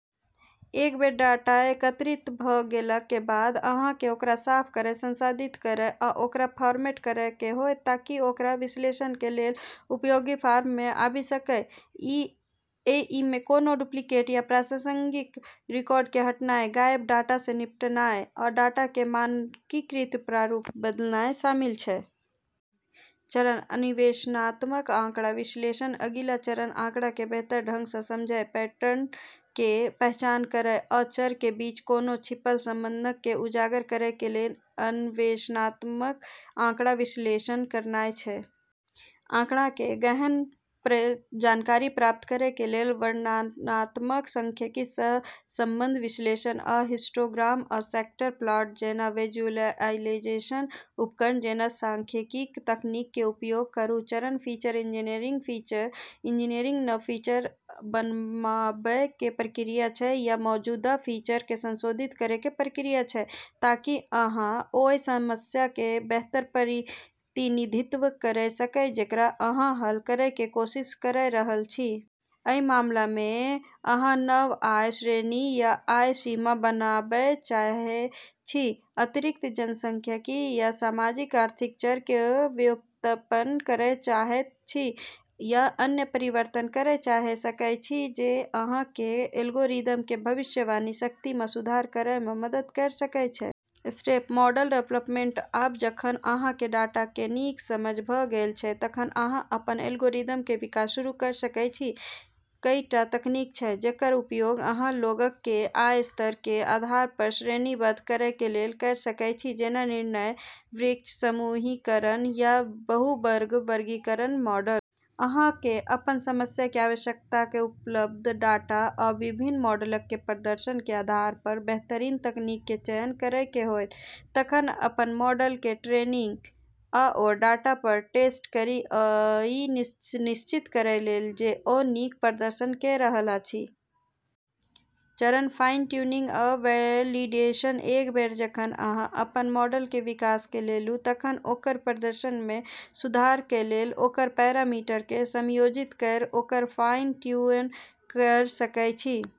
एक बेर डाटा एकत्रित भ गेलाक कें बाद, अहां कें ओकरा साफ करय, संसाधित करय आ ओकरा फॉर्मेट करय कें होयत ताकि ओकरा विश्लेषण कें लेल उपयोगी फॉर्म मे आबि सकय. अइ मे कोनों डुप्लिकेट या अप्रासंगिक रिकॉर्ड कें हटानाय, गायब डाटा सं निपटनाय, आ डाटा कें मानकीकृत प्रारूप मे बदलनाय शामिल छै. चरण: अन्वेषणात्मक आँकड़ा विश्लेषण अगिला चरण आँकड़ा कें बेहतर ढंग सं समझय, पैटर्न कें पहचान करय आ चर कें बीच कोनों छिपल संबंधक कें उजागर करय कें लेल अन्वेषणात्मक आँकड़ा विश्लेषण करनाय छै. आंकड़ा कें गहन जानकारी प्राप्त करय कें लेल वर्णनात्मक सांख्यिकी, सहसंबंध विश्लेषण, आ हिस्टोग्राम आ स्कैटर प्लॉट जैना विजुअलाइजेशन उपकरण जैना सांख्यिकीय तकनीक कें उपयोग करूं. चरण: फीचर इंजीनियरिंग फीचर इंजीनियरिंग नव फीचर बनाबय कें प्रक्रिया छै या मौजूदा फीचर कें संशोधित करय कें प्रक्रिया छै ताकि अहां ओय समस्या कें बेहतर प्रतिनिधित्व करय सकय जेकरा अहां हल करय कें कोशिश करय रहल छी. अइ मामला मे, अहां नव आय श्रेणी या आय सीमा बनाबय चाहय छी, अतिरिक्त जनसांख्यिकीय या सामाजिक आर्थिक चर कें व्युत्पन्न करय चाहय छी, या अन्य परिवर्तन करय चाहय सकय छी जे अहां कें एल्गोरिदम कें भविष्यवाणी शक्ति मे सुधार करय मे मदद कयर सकय छै. स्टेप: मॉडल डेवलपमेंट आब जखन अहां कें डाटा कें नीक समझ भ गेल छै, तखन अहां अपन एल्गोरिदम कें विकास शुरू कयर सकय छी. कईटा तकनीक छै जेकर उपयोग अहां लोगक कें आय स्तर कें आधार पर श्रेणीबद्ध करय कें लेल कयर सकय छी, जेना निर्णय वृक्ष, समूहीकरण, या बहु-वर्ग वर्गीकरण मॉडल. अहां कें अपन समस्या कें आवश्यकताक, उपलब्ध डाटा, आ विभिन्न मॉडलक कें प्रदर्शन कें आधार पर बेहतरीन तकनीक कें चयन करय कें होयत. तखन अपन मॉडल के ट्रेनिंग आओर डाटा पर टेस्ट करि ई सुनिश्चित करय लेल जे ओ नीक प्रदर्शन क रहल अछि. चरण: फाइन-ट्यूनिंग आ वैलिडेशन एक बेर जखन अहां अपन मॉडल कें विकास क लेलहुं तखन ओकर प्रदर्शन मे सुधार कें लेल ओकर पैरामीटर कें समायोजित कयर ओकरा फाइन ट्यून कयर सकय छी.